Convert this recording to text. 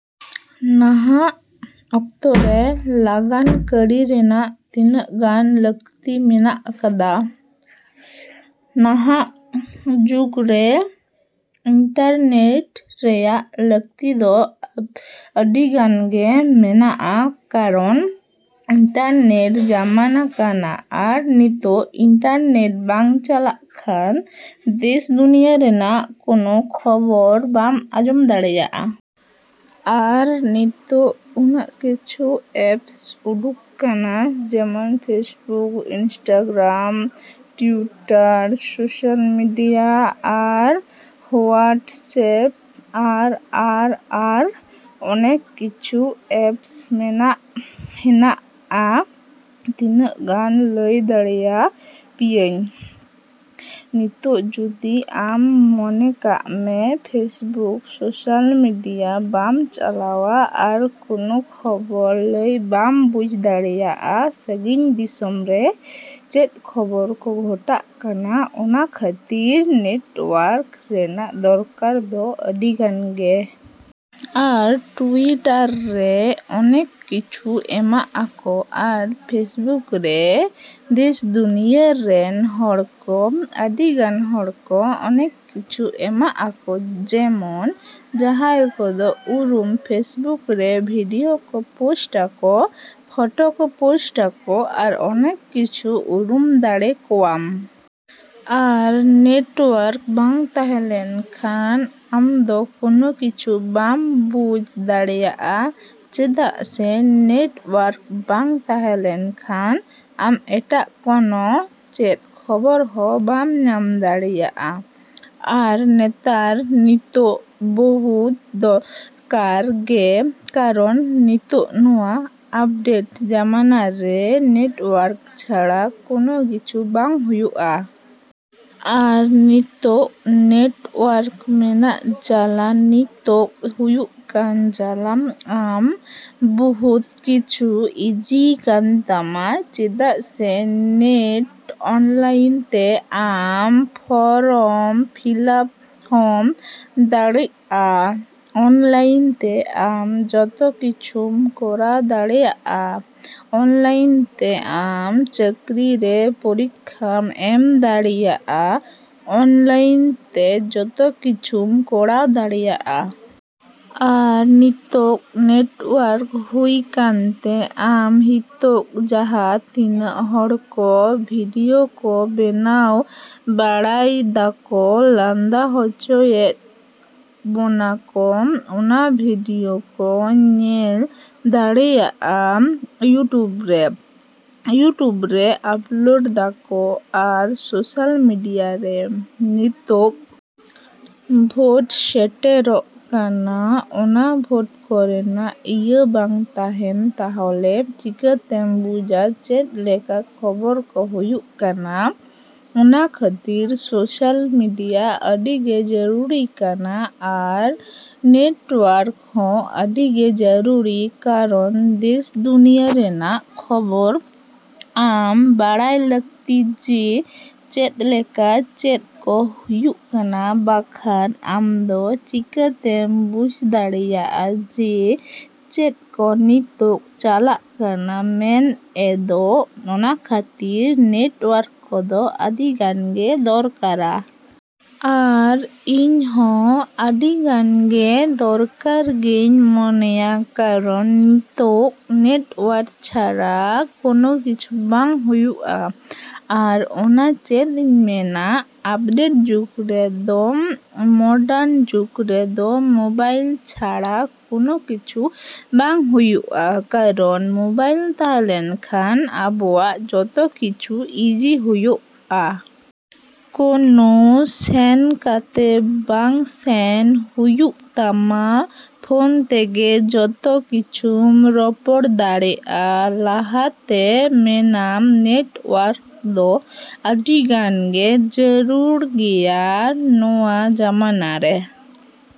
ᱱᱟᱦᱟᱜ ᱚᱠᱛᱚᱨᱮ ᱞᱟᱜᱟᱱ ᱠᱟᱹᱨᱤ ᱨᱮᱱᱟᱜ ᱛᱤᱱᱟᱹᱜ ᱜᱟᱱ ᱞᱟᱹᱠᱛᱤ ᱢᱮᱱᱟᱜ ᱠᱟᱫᱟ? ᱱᱟᱦᱟᱜ ᱡᱩᱜᱽᱨᱮ ᱤᱱᱴᱟᱨᱱᱮᱴ ᱨᱮᱭᱟᱜ ᱞᱟᱹᱠᱛᱤ ᱫᱚ ᱟᱹᱰᱤᱜᱟᱱ ᱜᱮ ᱢᱮᱱᱟᱜᱼᱟ ᱠᱟᱨᱚᱱ ᱤᱱᱴᱟᱨᱱᱮᱴ ᱡᱟᱢᱟᱱᱟ ᱠᱟᱱᱟ ᱟᱨ ᱱᱤᱛᱚᱜ ᱤᱱᱴᱟᱨᱱᱮᱴ ᱵᱟᱝ ᱪᱟᱞᱟᱜ ᱠᱷᱟᱱ ᱫᱮᱥ ᱫᱩᱱᱭᱟᱹ ᱨᱮᱱᱟᱜ ᱠᱳᱱᱳ ᱠᱷᱚᱵᱚᱨ ᱵᱟᱢ ᱟᱸᱡᱚᱢ ᱫᱟᱲᱮᱭᱟᱜᱼᱟ᱾ ᱟᱨ ᱱᱤᱛᱚᱜ ᱩᱱᱟᱹᱜ ᱠᱤᱪᱷᱩ ᱮᱯᱥ ᱩᱰᱩᱠ ᱠᱟᱱᱟ ᱡᱮᱢᱚᱱ Facebook, Instagram, Twitter, social media ᱟᱨ ᱦᱳᱣᱟᱴᱥᱮᱯ ᱟᱨ ᱟᱨ ᱟᱨ ᱚᱱᱮᱠ ᱠᱤᱪᱷᱩ ᱮᱯᱥ ᱢᱮᱱᱟᱜ ᱦᱮᱱᱟᱜᱼᱟ ᱛᱤᱱᱟᱹᱜ ᱜᱟᱱ ᱞᱟᱹᱭ ᱫᱟᱲᱮᱭᱟ ᱯᱮᱭᱟᱹᱧ᱾ ᱱᱤᱛᱚᱜ ᱡᱩᱫᱤ ᱟᱢ ᱢᱚᱱᱮ ᱠᱟᱜ ᱢᱮ ᱯᱷᱮᱥᱵᱩᱠ ᱥᱳᱥᱟᱞ ᱢᱮᱰᱤᱭᱟ ᱵᱟᱢ ᱪᱟᱞᱟᱣᱟ ᱟᱨ ᱠᱳᱱᱳ ᱠᱷᱚᱵᱚᱨ ᱞᱟᱹᱭ ᱵᱟᱢ ᱵᱩᱡᱽ ᱫᱟᱲᱮᱭᱟᱜᱼᱟ ᱥᱟᱺᱜᱤᱧ ᱫᱤᱥᱚᱢ ᱨᱮ ᱪᱮᱫ ᱠᱷᱚᱵᱚᱨ ᱠᱚ ᱜᱷᱚᱴᱟᱜ ᱠᱟᱱᱟ ᱚᱱᱟ ᱠᱷᱟᱹᱛᱤᱨ ᱱᱮᱴᱣᱟᱨᱠ ᱨᱮᱱᱟᱜ ᱫᱚᱨᱠᱟᱨ ᱫᱚ ᱟᱹᱰᱤᱜᱟᱱ ᱜᱮ᱾ ᱟᱨ ᱴᱩᱣᱤᱴᱟᱨ ᱨᱮ ᱚᱱᱮᱠ ᱠᱤᱪᱷᱩ ᱮᱢᱟᱜ ᱟᱠᱚ ᱟᱨ ᱯᱷᱮᱥᱵᱩᱠ ᱨᱮ ᱫᱮᱥ ᱫᱩᱱᱤᱭᱟᱹ ᱨᱮᱱ ᱦᱚᱲᱠᱚ ᱟᱹᱰᱤᱜᱟᱱ ᱦᱚᱲᱠᱚ ᱚᱱᱮᱠ ᱠᱤᱪᱷᱩ ᱮᱢᱟᱜ ᱟᱠᱚ ᱡᱮᱢᱚᱱ ᱡᱟᱦᱟᱸᱭ ᱠᱚᱫᱚ ᱩᱨᱩᱢ ᱯᱷᱮᱥᱵᱩᱠ ᱨᱮ ᱵᱷᱤᱰᱤᱭᱳ ᱠᱚ ᱯᱳᱥᱴ ᱟᱠᱚ, ᱯᱷᱳᱴᱚ ᱠᱚ ᱯᱳᱥᱴ ᱟᱠᱚ ᱟᱨ ᱚᱱᱮᱠ ᱠᱤᱪᱷᱩ ᱩᱨᱩᱢ ᱫᱟᱲᱮ ᱠᱚᱣᱟᱢ᱾ ᱟᱨ ᱱᱮᱴᱣᱟᱨᱠ ᱵᱟᱝ ᱛᱟᱦᱮᱸ ᱞᱮᱱᱠᱷᱟᱱ ᱟᱢᱫᱚ ᱠᱳᱱᱳ ᱠᱤᱪᱷᱩ ᱵᱟᱢ ᱵᱩᱡᱽ ᱫᱟᱲᱮᱭᱟᱜᱼᱟ ᱪᱮᱫᱟᱜ ᱥᱮ ᱱᱮᱴᱣᱟᱨᱠ ᱵᱟᱝ ᱛᱟᱦᱮᱸ ᱞᱮᱱᱠᱷᱟᱱ ᱟᱢ ᱮᱴᱟᱜ ᱠᱚᱱᱚ ᱪᱮᱫ ᱠᱷᱚᱵᱚᱨ ᱦᱚᱸ ᱵᱟᱢ ᱧᱟᱢ ᱫᱟᱲᱮᱭᱟᱜᱼᱟ᱾ ᱟᱨ ᱱᱮᱛᱟᱨ ᱱᱤᱛᱳᱜ ᱵᱚᱦᱩᱫ ᱫᱚᱨᱠᱟᱨ ᱜᱮ ᱠᱟᱨᱚᱱ ᱱᱤᱛᱚᱜ ᱱᱚᱣᱟ ᱟᱯᱰᱮᱴ ᱡᱟᱢᱟᱱᱟᱨᱮ ᱱᱮᱴᱣᱟᱨᱠ ᱪᱷᱟᱲᱟ ᱠᱳᱱᱳ ᱠᱤᱪᱷᱩ ᱵᱟᱝ ᱦᱩᱭᱩᱜᱼᱟ᱾ ᱟᱨ ᱱᱤᱛᱚᱜ ᱱᱮᱴᱣᱟᱨᱠ ᱢᱮᱱᱟᱜ ᱡᱟᱞᱟ ᱱᱤᱛᱚᱜ ᱦᱩᱭᱩᱜ ᱠᱟᱱ ᱡᱟᱞᱟ ᱟᱢ ᱵᱩᱦᱩᱫ ᱠᱤᱪᱷᱩ ᱤᱡᱤᱭ ᱠᱟᱱ ᱛᱟᱢᱟ ᱪᱮᱫᱟᱜ ᱥᱮ ᱱᱮᱴ ᱚᱱᱞᱟᱭᱤᱱ ᱛᱮ ᱟᱢ ᱯᱷᱚᱨᱢ ᱯᱷᱤᱞᱟᱯ ᱦᱚᱸᱢ ᱫᱟᱲᱮᱜᱼᱟ, ᱚᱱᱞᱟᱭᱤᱱ ᱛᱮ ᱟᱢ ᱡᱚᱛᱚ ᱠᱤᱪᱷᱩᱢ ᱠᱚᱨᱟᱣ ᱫᱟᱲᱮᱭᱟᱜᱼᱟ, ᱚᱱᱞᱟᱭᱤᱱ ᱛᱮ ᱟᱢ ᱪᱟᱹᱠᱨᱤ ᱨᱮ ᱯᱚᱨᱤᱠᱠᱷᱟᱢ ᱮᱢ ᱫᱟᱲᱮᱭᱟᱜᱼᱟ, ᱚᱱᱞᱟᱭᱤᱱ ᱛᱮ ᱡᱚᱛᱚ ᱠᱤᱪᱷᱩᱢ ᱠᱚᱨᱟᱣ ᱫᱟᱲᱮᱭᱟᱜᱼᱟ᱾ ᱟᱨ ᱱᱤᱛᱚᱜ ᱱᱮᱴᱣᱟᱨᱠ ᱦᱩᱭ ᱠᱟᱱᱛᱮ ᱟᱢ ᱦᱤᱛᱚᱜ ᱡᱟᱦᱟᱸ ᱛᱤᱱᱟᱹᱜ ᱦᱚᱲᱠᱚ ᱵᱷᱤᱰᱤᱭᱳ ᱠᱚ ᱵᱮᱱᱟᱣ ᱵᱟᱲᱟᱭᱫᱟᱠᱚ ᱞᱟᱸᱫᱟ ᱦᱚᱪᱚᱭᱮᱜ ᱵᱚᱱᱟ ᱠᱚ ᱚᱱᱟ ᱵᱷᱤᱰᱤᱭᱳ ᱠᱚ ᱧᱮᱞ ᱫᱟᱲᱮᱭᱟᱜᱼᱟ ᱤᱭᱩᱴᱩᱵᱽ ᱨᱮ, ᱤᱭᱩᱴᱩᱵᱽ ᱨᱮ ᱟᱯᱞᱳᱰ ᱫᱟᱠᱚ ᱟᱨ ᱥᱳᱥᱟᱞ ᱢᱮᱰᱤᱭᱟᱨᱮ᱾ ᱱᱤᱛᱚᱜ ᱵᱷᱳᱴ ᱥᱮᱴᱮᱨᱚᱜ ᱠᱟᱱᱟ ᱚᱱᱟ ᱵᱷᱳᱴ ᱠᱚᱨᱮᱱᱟᱜ ᱤᱭᱟᱹ ᱵᱟᱝ ᱛᱟᱦᱮᱱ ᱛᱟᱦᱚᱞᱮ ᱪᱤᱠᱟᱹᱛᱮᱢ ᱵᱩᱡᱟ ᱪᱮᱫ ᱞᱮᱠᱟ ᱠᱷᱚᱵᱚᱨ ᱠᱚ ᱦᱩᱭᱩᱜ ᱠᱟᱱᱟ ᱚᱱᱟ ᱠᱷᱟᱹᱛᱤᱨ ᱥᱳᱥᱟᱞ ᱢᱮᱰᱤᱭᱟ ᱟᱹᱰᱤᱜᱮ ᱡᱟᱹᱨᱩᱲᱤ ᱠᱟᱱᱟ ᱟᱨ ᱱᱮᱴᱣᱟᱨᱠ ᱦᱚᱸ ᱟᱹᱰᱤᱜᱮ ᱡᱟᱨᱩᱨᱤ ᱠᱟᱨᱚᱱ ᱫᱮᱥ ᱫᱩᱱᱤᱭᱟᱹ ᱨᱮᱱᱟᱜ ᱠᱷᱚᱵᱚᱨ ᱟᱢ ᱵᱟᱲᱟᱭ ᱞᱟᱹᱠᱛᱤ ᱡᱮ ᱪᱮᱫ ᱞᱮᱠᱟ ᱪᱮᱫ ᱠᱚ ᱦᱩᱭᱩᱜ ᱠᱟᱱᱟ ᱵᱟᱠᱷᱟᱱ ᱟᱢᱫᱚ ᱪᱤᱠᱟ ᱛᱮᱢ ᱵᱩᱡᱽ ᱫᱟᱲᱮᱭᱟᱜᱼᱟ ᱡᱮ ᱪᱮᱫ ᱠᱚ ᱱᱤᱛᱚᱜ ᱪᱟᱞᱟᱜ ᱠᱟᱱᱟ ᱢᱮᱱ ᱮᱫᱚ ᱚᱱᱟ ᱠᱷᱟᱹᱛᱤᱨ ᱱᱮᱴᱣᱟᱨᱠ ᱠᱚᱫᱚ ᱟᱹᱰᱤᱜᱟᱱ ᱜᱮ ᱫᱚᱨᱠᱟᱨᱟ᱾ ᱟᱨ ᱤᱧ ᱦᱚᱸ ᱟᱹᱰᱤᱜᱟᱱ ᱜᱮ ᱫᱚᱨᱠᱟᱨ ᱜᱮᱧ ᱢᱚᱱᱮᱭᱟ ᱠᱟᱨᱚᱱ ᱱᱤᱛᱚᱜ ᱱᱮᱴᱣᱟᱨᱠ ᱪᱷᱟᱨᱟ ᱠᱳᱱᱳ ᱠᱤᱪᱷᱩ ᱵᱟᱝ ᱦᱩᱭᱩᱜᱼᱟ᱾ ᱟᱨ ᱚᱱᱟ ᱪᱮᱫ ᱤᱧ ᱢᱮᱱᱟ ᱟᱯᱰᱮᱴ ᱡᱩᱜᱽ ᱨᱮᱫᱚ, ᱢᱚᱰᱟᱨᱱ ᱡᱩᱜᱽ ᱨᱮᱫᱚ ᱢᱳᱵᱟᱭᱤᱞ ᱪᱷᱟᱲᱟ ᱠᱳᱱᱳ ᱠᱤᱪᱷᱩ ᱵᱟᱝ ᱦᱩᱭᱩᱜᱼᱟ ᱠᱟᱨᱚᱱ ᱢᱳᱵᱟᱭᱤᱞ ᱛᱟᱦᱮᱸ ᱞᱮᱱᱠᱷᱟᱱ ᱟᱵᱚᱣᱟᱜ ᱡᱚᱛᱚ ᱠᱤᱪᱷᱩ ᱤᱡᱤ ᱦᱩᱭᱩᱜᱼᱟ᱾ ᱠᱳᱱᱳ ᱥᱮᱱ ᱠᱟᱛᱮ ᱵᱟᱝ ᱥᱮᱱ ᱦᱩᱭᱩᱜ ᱛᱟᱢᱟ ᱯᱷᱳᱱ ᱛᱮᱜᱮ ᱡᱚᱛᱚ ᱠᱤᱪᱷᱩᱢ ᱨᱚᱯᱚᱲ ᱫᱟᱲᱮᱜᱼᱟ᱾ ᱞᱟᱦᱟᱛᱮ ᱢᱮᱱᱟᱢ ᱱᱮᱴᱣᱟᱨᱠ ᱫᱚ ᱟᱹᱰᱤᱜᱟᱱᱜᱮ ᱡᱟᱹᱨᱩᱨ ᱜᱮᱭᱟ ᱱᱚᱣᱟ ᱡᱟᱢᱟᱱᱟᱨᱮ᱾।